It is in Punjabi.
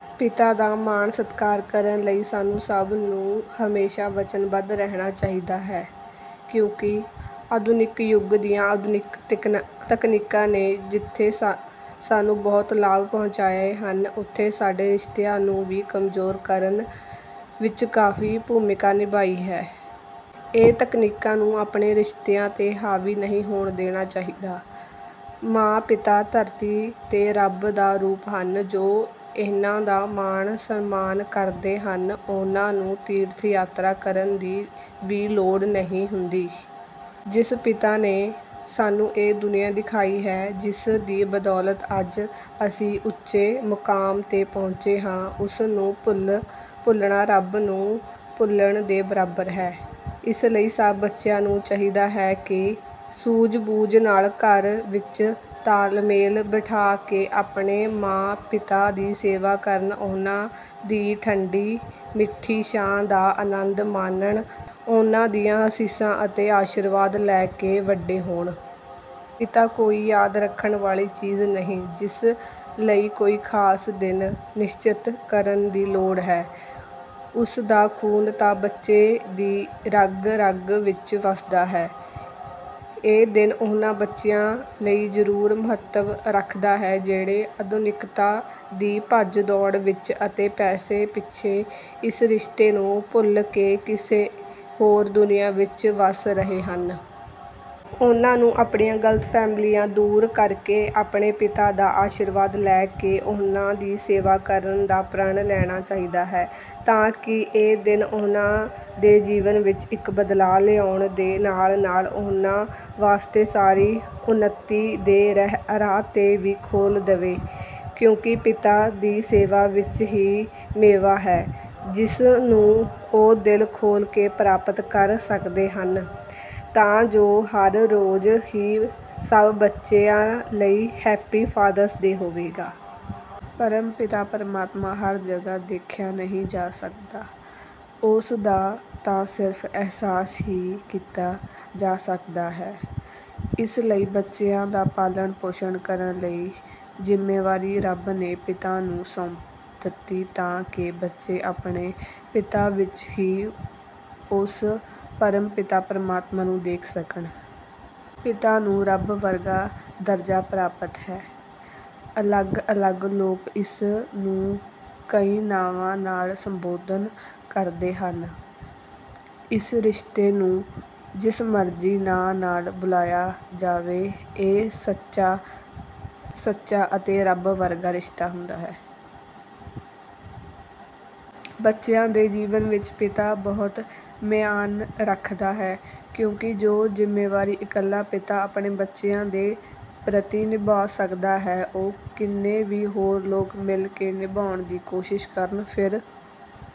ਪਿਤਾ ਦਾ ਮਾਣ ਸਤਿਕਾਰ ਕਰਨ ਲਈ ਸਾਨੂੰ ਸਭ ਨੂੰ ਹਮੇਸ਼ਾ ਵਚਨਬੱਧ ਰਹਿਣਾ ਚਾਹੀਦਾ ਹੈ ਕਿਉਂਕਿ ਆਧੁਨਿਕ ਯੁੱਗ ਦੀਆਂ ਆਧੁਨਿਕ ਤਕਨੀਕਾਂ ਨੇ ਜਿੱਥੇ ਸਾਨੂੰ ਬਹੁਤ ਲਾਭ ਪਹੁੰਚਾਏ ਹਨ ਉੱਥੇ ਸਾਡੇ ਰਿਸ਼ਤਿਆਂ ਨੂੰ ਵੀ ਕਮਜ਼ੋਰ ਕਰਨ ਵਿੱਚ ਕਾਫੀ ਭੂਮਿਕਾ ਨਿਭਾਈ ਹੈ। ਇਨ੍ਹਾਂ ਤਕਨੀਕਾਂ ਨੂੰ ਆਪਣੇ ਰਿਸ਼ਤਿਆਂ ਤੇ ਹਾਵੀ ਨਹੀਂ ਹੋਣ ਦੇਣਾ ਚਾਹੀਦਾ। ਮਾਂ ਪਿਤਾ ਧਰਤੀ ਤੇ ਰੱਬ ਦਾ ਰੂਪ ਹਨ ਜੋ ਇਨ੍ਹਾਂ ਦਾ ਮਾਣ ਸਨਮਾਨ ਕਰਦੇ ਹਨ ਉਨ੍ਹਾਂ ਨੂੰ ਤੀਰਥ ਯਾਤਰਾ ਕਰਨ ਦੀ ਵੀ ਲੋੜ ਨਹੀਂ ਹੁੰਦੀ। ਜਿਸ ਪਿਤਾ ਨੇ ਸਾਨੂੰ ਇਹ ਦੁਨੀਆ ਦਿਖਾਈ ਹੈ ਜਿਸ ਦੀ ਬਦੌਲਤ ਅੱਜ ਅਸੀਂ ਉੱਚੇ ਮੁਕਾਮ ਤੇ ਪਹੁੰਚੇ ਹਾਂ ਉਸ ਨੂੰ ਭੁੱਲਣਾ ਰੱਬ ਨੂੰ ਭੁੱਲਣ ਦੇ ਬਰਾਬਰ ਹੈ। ਇਸ ਲਈ ਸਭ ਬੱਚਿਆਂ ਨੂੰ ਚਾਹੀਦਾ ਹੈ ਕਿ ਸੂਝ ਬੂਝ ਨਾਲ ਘਰ ਵਿੱਚ ਤਾਲਮੇਲ ਬਿਠਾ ਕੇ ਆਪਣੇ ਮਾਂ ਪਿਤਾ ਦੀ ਸੇਵਾ ਕਰਨ ਉਨ੍ਹਾਂ ਦੀ ਠੰਢੀ ਮਿੱਠੀ ਛਾਂ ਦਾ ਅਨੰਦ ਮਾਣਨ ਉਨ੍ਹਾਂ ਦੀਆਂ ਅਸੀਸਾਂ ਅਤੇ ਅਸ਼ੀਰਵਾਦ ਲੈ ਕੇ ਵੱਡੇ ਹੋਣ। ਪਿਤਾ ਕੋਈ ਯਾਦ ਰੱਖਣ ਵਾਲੀ ਚੀਜ਼ ਨਹੀਂ ਜਿਸ ਲਈ ਕੋਈ ਖਾਸ ਦਿਨ ਨਿਸ਼ਚਿਤ ਕਰਨ ਦੀ ਲੋੜ ਹੈ ਉਸ ਦਾ ਖੂਨ ਤਾਂ ਬੱਚੇ ਦੀ ਰਗ ਰਗ ਵਿੱਚ ਵਸਦਾ ਹੈ। ਇਹ ਦਿਨ ਉਨ੍ਹਾਂ ਬੱਚਿਆਂ ਲਈ ਜ਼ਰੂਰ ਮਹੱਤਤਾ ਰੱਖਦਾ ਹੈ ਜਿਹੜੇ ਆਧੁਨਿਕਤਾ ਦੀ ਭੱਜ ਦੌੜ ਵਿੱਚ ਅਤੇ ਪੈਸੇ ਪਿੱਛੇ ਇਸ ਰਿਸ਼ਤੇ ਨੂੰ ਭੁੱਲ ਕੇ ਕਿਸੇ ਹੋਰ ਦੁਨੀਆ ਵਿੱਚ ਵਸ ਰਹੇ ਹਨ। ਉਨ੍ਹਾਂ ਨੂੰ ਆਪਣੀਆਂ ਗਲਤਫਹਿਮੀਆਂ ਦੂਰ ਕਰਕੇ ਆਪਣੇ ਪਿਤਾ ਦਾ ਅਸ਼ੀਰਵਾਦ ਲੈ ਕੇ ਉਨ੍ਹਾਂ ਦੀ ਸੇਵਾ ਕਰਨ ਦਾ ਪ੍ਰਣ ਲੈਣਾ ਚਾਹੀਦਾ ਹੈ ਤਾਂ ਕਿ ਇਹ ਦਿਨ ਉਨ੍ਹਾਂ ਦੇ ਜੀਵਨ ਵਿੱਚ ਇੱਕ ਬਦਲਾਅ ਲਿਆਉਣ ਦੇ ਨਾਲ ਨਾਲ ਉਨ੍ਹਾਂ ਵਾਸਤੇ ਸਾਰੇ ਉੱਨਤੀ ਦੇ ਰਾਹ ਵੀ ਖੋਲ੍ਹ ਦੇਵੇ ਕਿਉਂਕਿ ਪਿਤਾ ਦੀ ਸੇਵਾ ਵਿੱਚ ਹੀ ਮੇਵਾ ਹੈ ਜਿਸ ਨੂੰ ਉਹ ਦਿਲ ਖੋਲ੍ਹ ਕੇ ਪ੍ਰਾਪਤ ਕਰ ਸਕਦੇ ਹਨ ਤਾਂ ਹਰ ਰੋਜ਼ ਹੀ ਸਭ ਬੱਚਿਆਂ ਲਈ ਹੈਪੀ ਫਾਦਰ ਡੇ ਹੋਵੇਗਾ। ਪਰਮ ਪਿਤਾ ਪਰਮਾਤਮਾ ਹਰ ਜਗ੍ਹਾ ਦੇਖਿਆ ਨਹੀਂ ਜਾ ਸਕਦਾ ਉਸ ਦਾ ਤਾਂ ਸਿਰਫ ਅਹਿਸਾਸ ਹੀ ਕੀਤਾ ਜਾ ਸਕਦਾ ਹੈ। ਇਸ ਲਈ ਬੱਚਿਆਂ ਦਾ ਪਾਲਣ ਪੋਸ਼ਣ ਕਰਨ ਦੀ ਜ਼ਿੰਮੇਵਾਰੀ ਰੱਬ ਨੇ ਪਿਤਾ ਨੂੰ ਸੌਂਪ ਦਿੱਤੀ ਤਾਂ ਕਿ ਬੱਚੇ ਆਪਣੇ ਪਿਤਾ ਵਿੱਚ ਹੀ ਉਸ ਪਰਮ ਪਿਤਾ ਪਰਮਾਤਮਾ ਨੂੰ ਦੇਖ ਸਕਣ। ਪਿਤਾ ਨੂੰ ਰੱਬ ਵਰਗਾ ਦਰਜਾ ਪ੍ਰਾਪਤ ਹੈ। ਅਲੱਗ ਅਲੱਗ ਲੋਕ ਇਸ ਨੂੰ ਕਈ ਨਾਵਾਂ ਨਾਲ ਸੰਬੋਧਨ ਕਰਦੇ ਹਨ। ਇਸ ਰਿਸ਼ਤੇ ਨੂੰ ਜਿਸ ਮਰਜ਼ੀ ਨਾਂ ਨਾਲ ਬੁਲਾਇਆ ਜਾਵੇ ਇਹ ਸੱਚਾ ਸੁੱਚਾ ਅਤੇ ਰੱਬ ਵਰਗਾ ਰਿਸ਼ਤਾ ਹੈ। ਬੱਚਿਆਂ ਦੇ ਜੀਵਨ ਵਿੱਚ ਪਿਤਾ ਬਹੁਤ ਮਾਅਨੇ ਰੱਖਦਾ ਹੈ ਕਿਉਂਕਿ ਜੋ ਜ਼ਿੰਮੇਵਾਰੀ ਇਕੱਲਾ ਪਿਤਾ ਆਪਣੇ ਬੱਚਿਆਂ ਦੇ ਪ੍ਰਤੀ ਨਿਭਾ ਸਕਦਾ ਹੈ ਉਹ ਕਿੰਨੇ ਵੀ ਹੋਰ ਲੋਕ ਮਿਲ ਕੇ ਨਿਭਾਉਣ ਦੀ ਕੋਸ਼ਿਸ਼ ਕਰਨ ਫਿਰ